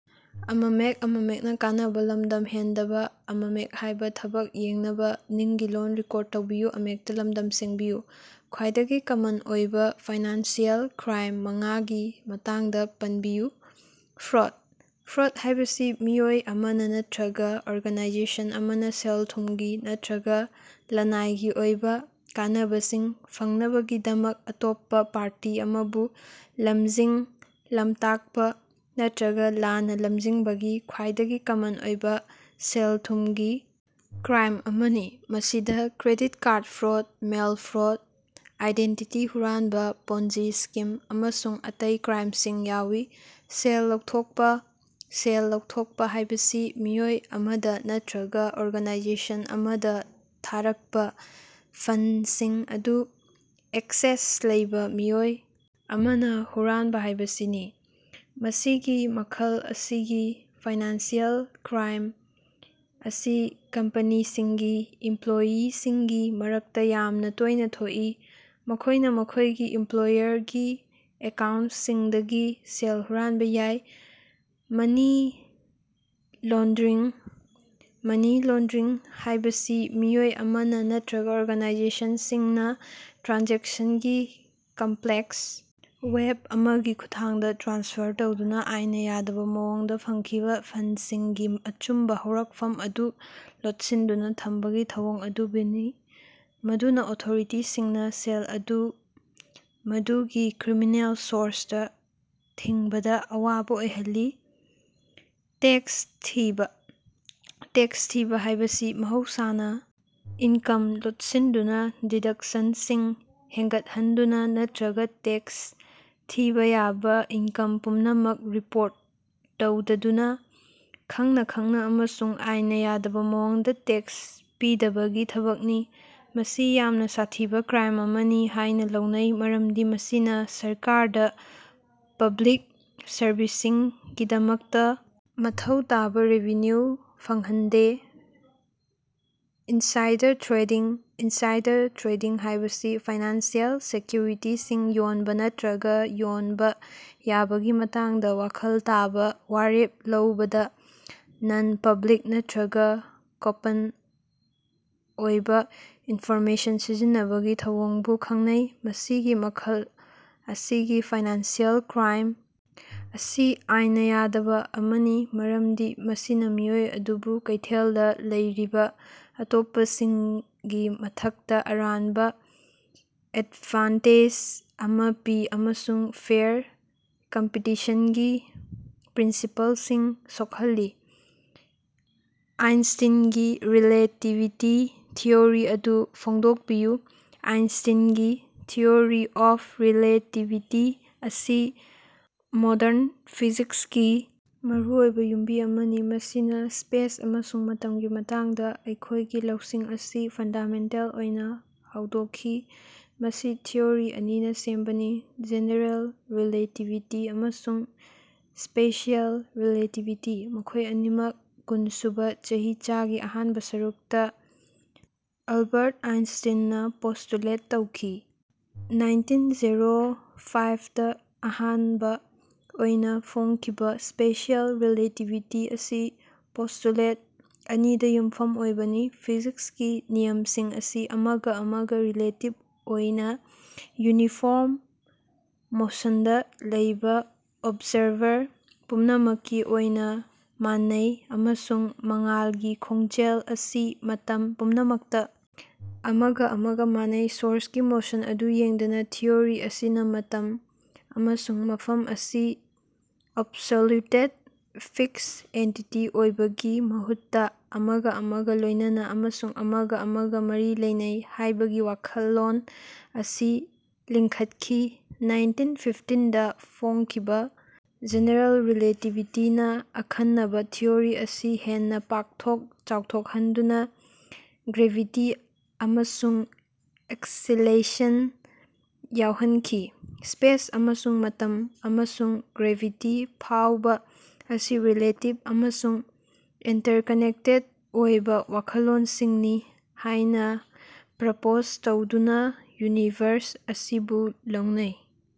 ꯈ꯭ꯋꯥꯏꯗꯒꯤ ꯀꯃꯟ ꯑꯣꯏꯕ financial crime ꯃꯉꯥꯒꯤ ꯃꯇꯥꯡꯗ ꯄꯟꯕꯤꯌꯨ꯫ ꯐ꯭ꯔꯣꯗ: ꯐ꯭ꯔꯣꯗ ꯍꯥꯏꯕꯁꯤ ꯃꯤꯑꯣꯏ ꯑꯃꯅ ꯅꯠꯇ꯭ꯔꯒ ꯑꯣꯔꯒꯥꯅꯥꯏꯖꯦꯁꯟ ꯑꯃꯅ ꯁꯦꯜ-ꯊꯨꯝꯒꯤ ꯅꯠꯇ꯭ꯔꯒ ꯂꯅꯥꯏꯒꯤ ꯑꯣꯏꯕ ꯀꯥꯟꯅꯕꯁꯤꯡ ꯐꯪꯅꯕꯒꯤꯗꯃꯛ ꯑꯇꯣꯞꯄ ꯄꯥꯔꯇꯤ ꯑꯃꯕꯨ ꯂꯝꯖꯤꯡ-ꯂꯝꯇꯥꯛꯄ ꯅꯠꯇ꯭ꯔꯒ ꯂꯥꯟꯅ ꯂꯝꯖꯤꯡꯕꯒꯤ ꯈ꯭ꯋꯥꯏꯗꯒꯤ ꯀꯃꯟ ꯑꯣꯏꯕ ꯁꯦꯜ-ꯊꯨꯝꯒꯤ ꯀ꯭ꯔꯥꯏꯝ ꯑꯃꯅꯤ꯫ ꯃꯁꯤꯗ credit card fraud, mail fraud, identity ꯍꯨꯔꯥꯟꯕ, ꯄꯣꯟꯖꯤ ꯁ꯭ꯀꯤꯝ ꯑꯃꯁꯨꯡ ꯑꯇꯩ ꯀ꯭ꯔꯥꯏꯝꯁꯤꯡ ꯌꯥꯎꯏ꯫ ꯁꯦꯜ ꯂꯧꯊꯣꯛꯄ: ꯁꯦꯜ ꯂꯧꯊꯣꯛꯄ ꯍꯥꯏꯕꯁꯤ ꯃꯤꯑꯣꯏ ꯑꯃꯗ ꯅꯠꯇ꯭ꯔꯒ ꯑꯣꯔꯒꯥꯅꯥꯏꯖꯦꯁꯟ ꯑꯃꯗ ꯊꯥꯔꯛꯄ ꯐꯟꯗꯁꯤꯡ ꯑꯗꯨ ꯑꯦꯛꯁꯦꯁ ꯂꯩꯕ ꯃꯤꯑꯣꯏ ꯑꯃꯅ ꯍꯨꯔꯥꯟꯕ ꯍꯥꯏꯕꯁꯤꯅꯤ꯫ ꯃꯁꯤꯒꯤ ꯃꯈꯜ ꯑꯁꯤꯒꯤ ꯐꯥꯏꯅꯥꯟꯁꯤꯑꯦꯜ ꯀ꯭ꯔꯥꯏꯝ ꯑꯁꯤ ꯀꯝꯄꯅꯤꯁꯤꯡꯒꯤ ꯏꯝꯄ꯭ꯂꯣꯌꯤꯁꯤꯡꯒꯤ ꯃꯔꯛꯇ ꯌꯥꯝꯅ ꯇꯣꯏꯅ ꯊꯣꯛꯏ, ꯃꯈꯣꯏꯅ ꯃꯈꯣꯏꯒꯤ ꯏꯝꯄ꯭ꯂꯣꯌꯔꯒꯤ ꯑꯦꯀꯥꯎꯟꯇꯁꯤꯡꯗꯒꯤ ꯁꯦꯜ ꯍꯨꯔꯥꯟꯕ ꯌꯥꯏ꯫ ꯃꯅꯤ ꯂꯣꯟꯗꯔꯤꯡ: ꯃꯅꯤ ꯂꯣꯟꯗꯔꯤꯡ ꯍꯥꯏꯕꯁꯤ ꯃꯤꯑꯣꯏ ꯑꯃꯅ ꯅꯠꯇ꯭ꯔꯒ ꯑꯣꯔꯒꯥꯅꯥꯏꯖꯦꯁꯟꯁꯤꯡꯅ ꯇ꯭ꯔꯥꯟꯖꯦꯛꯁꯟꯒꯤ ꯀꯝꯄ꯭ꯂꯦꯛꯁ ꯋꯦꯕ ꯑꯃꯒꯤ ꯈꯨꯠꯊꯥꯡꯗ ꯇ꯭ꯔꯥꯟꯁꯐꯔ ꯇꯧꯗꯨꯅ ꯑꯥꯏꯟꯅ ꯌꯥꯗꯕ ꯃꯑꯣꯡꯗ ꯐꯪꯈꯤꯕ ꯐꯟꯗꯁꯤꯡꯒꯤ ꯑꯆꯨꯝꯕ ꯍꯧꯔꯛꯐꯝ ꯑꯗꯨ ꯂꯣꯠꯁꯤꯟꯗꯨꯅ ꯊꯝꯕꯒꯤ ꯊꯧꯑꯣꯡ ꯑꯗꯨꯕꯨꯅꯤ, ꯃꯗꯨꯅ ꯑꯣꯊꯣꯔꯤꯇꯤꯁꯤꯡꯅ ꯁꯦꯜ ꯑꯗꯨ ꯃꯗꯨꯒꯤ ꯀ꯭ꯔꯤꯃꯤꯅꯦꯜ ꯁꯣꯔꯁꯇ ꯊꯤꯡꯕꯗ ꯑꯋꯥꯕ ꯑꯣꯏꯍꯜꯂꯤ꯫ ꯇꯦꯛꯁ ꯊꯤꯕ: ꯇꯦꯛꯁ ꯊꯤꯕ ꯍꯥꯏꯕꯁꯤ ꯃꯍꯧꯁꯥꯅ ꯏꯟꯀꯝ ꯂꯣꯠꯁꯤꯟꯗꯨꯅ, ꯗꯤꯗꯛꯁꯟꯁꯤꯡ ꯍꯦꯟꯒꯠꯍꯟꯗꯨꯅ ꯅꯠꯇ꯭ꯔꯒ ꯇꯦꯛꯁ ꯊꯤꯕ ꯌꯥꯕ ꯏꯟꯀꯝ ꯄꯨꯝꯅꯃꯛ ꯔꯤꯄꯣꯔꯠ ꯇꯧꯗꯗꯨꯅ, ꯈꯪꯅ ꯈꯪꯅ ꯑꯃꯁꯨꯡ ꯑꯥꯏꯟꯅ ꯌꯥꯗꯕ ꯃꯑꯣꯡꯗ ꯇꯦꯛꯁ ꯄꯤꯗꯕꯒꯤ ꯊꯕꯛꯅꯤ꯫ ꯃꯁꯤ ꯌꯥꯝꯅ ꯁꯥꯊꯤꯕ ꯀ꯭ꯔꯥꯏꯝ ꯑꯃꯅꯤ ꯍꯥꯏꯅ ꯂꯧꯅꯩ, ꯃꯔꯝꯗꯤ ꯃꯁꯤꯅ ꯁꯔꯀꯥꯔꯗ ꯄꯕ꯭ꯂꯤꯛ ꯁꯔꯚꯤꯁꯁꯤꯡꯒꯤꯗꯃꯛꯇ ꯃꯊꯧ ꯇꯥꯕ ꯔꯦꯚꯤꯅ꯭ꯌꯨ ꯐꯪꯍꯟꯗꯦ꯫ ꯏꯟꯁꯥꯏꯗꯔ ꯇ꯭ꯔꯦꯗꯤꯡ: ꯏꯟꯁꯥꯏꯗꯔ ꯇ꯭ꯔꯦꯗꯤꯡ ꯍꯥꯏꯕꯁꯤ ꯐꯥꯏꯅꯥꯟꯁꯤꯑꯦꯜ ꯁꯦꯀ꯭ꯌꯨꯔꯤꯇꯤꯁꯤꯡ ꯌꯣꯟꯕ ꯅꯠꯇ꯭ꯔꯒ ꯌꯣꯟꯕ ꯌꯥꯕꯒꯤ ꯃꯇꯥꯡꯗ ꯋꯥꯈꯜ ꯇꯥꯕ ꯋꯥꯔꯦꯞ ꯂꯧꯕꯗ ꯅꯟ-ꯄꯕ꯭ꯂꯤꯛ ꯅꯠꯇ꯭ꯔꯒ ꯒꯣꯄꯟ ꯑꯣꯏꯕ ꯏꯟꯐꯣꯔꯃꯦꯁꯟ ꯁꯤꯖꯤꯟꯅꯕꯒꯤ ꯊꯧꯑꯣꯡꯕꯨ ꯈꯪꯅꯩ꯫ ꯃꯁꯤꯒꯤ ꯃꯈꯜ ꯑꯁꯤꯒꯤ ꯐꯥꯏꯅꯥꯟꯁꯤꯑꯦꯜ ꯀ꯭ꯔꯥꯏꯝ ꯑꯁꯤ ꯑꯥꯏꯟꯅ ꯌꯥꯗꯕ ꯑꯃꯅꯤ ꯃꯔꯝꯗꯤ ꯃꯁꯤꯅ ꯃꯤꯑꯣꯏ ꯑꯗꯨꯕꯨ ꯀꯩꯊꯦꯜꯗꯥ ꯂꯩꯔꯤꯕ ꯑꯇꯣꯞꯄꯁꯤꯡꯒꯤ ꯃꯊꯛꯇ ꯑꯔꯥꯟꯕ ꯑꯦꯗꯚꯥꯟꯇꯦꯖ ꯑꯃ ꯄꯤ ꯑꯃꯁꯨꯡ ꯐꯦꯌꯔ ꯀꯝꯄꯤꯇꯤꯁꯟꯒꯤ ꯄ꯭ꯔꯤꯟꯁꯤꯄꯜꯁꯤꯡ ꯁꯣꯛꯍꯜꯂꯤ꯫ ꯑꯥꯏꯟꯁꯇꯤꯟꯒꯤ ꯔꯤꯂꯦꯇꯤꯕꯤꯇꯤꯒꯤ ꯊꯤꯑꯣꯔꯤ ꯑꯗꯨ ꯐꯣꯡꯗꯣꯛꯄꯤꯌꯨ꯫ ꯑꯥꯏꯟꯁꯇꯤꯟꯒꯤ ꯊꯤꯑꯣꯔꯤ ꯑꯣꯐ ꯔꯤꯂꯦꯇꯤꯕꯤꯇꯤ ꯑꯁꯤ ꯃꯣꯗꯔꯟ ꯐꯤꯖꯤꯛꯁꯀꯤ ꯃꯔꯨꯑꯣꯏꯕ ꯌꯨꯝꯕꯤ ꯑꯃꯅꯤ, ꯃꯁꯤꯅ ꯁ꯭ꯄꯦꯁ ꯑꯃꯁꯨꯡ ꯃꯇꯝꯒꯤ ꯃꯇꯥꯡꯗ ꯑꯩꯈꯣꯏꯒꯤ ꯂꯧꯁꯤꯡ ꯑꯁꯤ ꯐꯟꯗꯥꯃꯦꯟꯇꯦꯜ ꯑꯣꯏꯅ ꯍꯣꯡꯗꯣꯛꯈꯤ꯫ ꯃꯁꯤ ꯊꯤꯑꯣꯔꯤ ꯑꯅꯤꯅ ꯁꯦꯝꯕꯅꯤ: ꯖꯦꯅꯦꯔꯦꯜ ꯔꯤꯂꯦꯇꯤꯕꯤꯇꯤ ꯑꯃꯁꯨꯡ ꯁ꯭ꯄꯦꯁꯤꯑꯦꯜ ꯔꯤꯂꯦꯇꯤꯕꯤꯇꯤ, ꯃꯈꯣꯏ ꯑꯅꯤꯃꯛ ꯀꯨꯟꯁꯨꯕ ꯆꯍꯤꯆꯥꯒꯤ ꯑꯍꯥꯟꯕ ꯁꯔꯨꯛꯇ ꯑꯦꯜꯕꯥꯔꯠ ꯑꯥꯏꯟꯁꯇꯤꯟꯅ ꯄꯣꯁꯇꯨꯂꯦꯠ ꯇꯧꯈꯤ꯫ ꯅꯥꯏꯟꯇꯤꯟ ꯖꯦꯔꯣ ꯐꯥꯏꯞꯗꯥ ꯑꯍꯥꯟꯕ ꯑꯣꯏꯅ ꯐꯣꯡꯈꯤꯕ ꯁ꯭ꯄꯦꯁꯤꯑꯦꯜ ꯔꯤꯂꯦꯇꯤꯕꯤꯇꯤ ꯑꯁꯤ ꯄꯣꯁꯇꯨꯂꯦꯠ ꯑꯅꯤꯗ ꯌꯨꯝꯐꯝ ꯑꯣꯏꯕꯅꯤ: ꯐꯤꯖꯤꯛꯁꯀꯤ ꯅꯤꯌꯝꯁꯤꯡ ꯑꯁꯤ ꯑꯃꯒ ꯑꯃꯒ ꯔꯤꯂꯦꯇꯤꯕ ꯑꯣꯏꯅ ꯌꯨꯅꯤꯐꯣꯔꯝ ꯃꯣꯁꯟꯗ ꯂꯩꯕ ꯑꯣꯕꯖꯥꯔꯚꯔ ꯄꯨꯝꯅꯃꯛꯀꯤ ꯑꯣꯏꯅ ꯃꯥꯟꯅꯩ, ꯑꯃꯁꯨꯡ ꯃꯉꯥꯜꯒꯤ ꯈꯣꯡꯖꯦꯜ ꯑꯁꯤ ꯃꯇꯝ ꯄꯨꯝꯅꯃꯛꯇ ꯑꯃꯒ ꯑꯃꯒ ꯃꯥꯟꯅꯩ, ꯁꯣꯔꯁꯀꯤ ꯃꯣꯁꯟ ꯑꯗꯨ ꯌꯦꯡꯗꯅ꯫ ꯊꯤꯑꯣꯔꯤ ꯑꯁꯤꯅ ꯃꯇꯝ ꯑꯃꯁꯨꯡ ꯃꯐꯝ ꯑꯁꯤ ꯑꯦꯕꯁꯣꯂ꯭ꯌꯨꯇꯦꯗ, ꯐꯤꯛꯁ ꯑꯦꯟꯇꯤꯇꯤ ꯑꯣꯏꯕꯒꯤ ꯃꯍꯨꯠꯇ ꯑꯃꯒ ꯑꯃꯒ ꯂꯣꯏꯅꯅ ꯑꯃꯁꯨꯡ ꯑꯃꯒ ꯑꯃꯒ ꯃꯔꯤ ꯂꯩꯅꯩ ꯍꯥꯏꯕꯒꯤ ꯋꯥꯈꯜꯂꯣꯟ ꯑꯁꯤ ꯂꯤꯡꯈꯠꯈꯤ꯫ ꯅꯥꯏꯟꯇꯤꯟ ꯐꯥꯐꯇꯤꯟꯗ ꯐꯣꯡꯈꯤꯕ ꯖꯦꯅꯦꯔꯦꯜ ꯔꯤꯂꯦꯇꯤꯕꯤꯇꯤꯅ ꯑꯈꯟꯅꯕ ꯊꯤꯑꯣꯔꯤ ꯑꯁꯤ ꯍꯦꯟꯅ ꯄꯥꯛꯊꯣꯛ ꯆꯥꯎꯊꯣꯛꯍꯟꯗꯨꯅ ꯒ꯭ꯔꯦꯚꯤꯇꯤ ꯑꯃꯁꯨꯡ ꯑꯦꯛꯁꯤꯂꯦꯁꯟ ꯌꯥꯏꯍꯟꯈꯤ꯫ ꯁ꯭ꯄꯦꯁ ꯑꯃꯁꯨꯡ ꯃꯇꯝ, ꯑꯃꯁꯨꯡ ꯒ꯭ꯔꯦꯚꯤꯇꯤ ꯐꯥꯎꯕ ꯑꯁꯤ ꯔꯤꯂꯦꯇꯤꯕ ꯑꯃꯁꯨꯡ ꯏꯟꯇꯔꯀꯅꯦꯛꯇ ꯑꯣꯏꯕ ꯋꯥꯈꯜꯂꯣꯟꯁꯤꯡꯅꯤ ꯍꯥꯏꯅ ꯄ꯭ꯔꯄꯣꯖ ꯇꯧꯗꯨꯅ ꯌꯨꯅꯤꯚꯔꯁ ꯑꯁꯤꯕꯨ ꯂꯧꯅꯩ꯫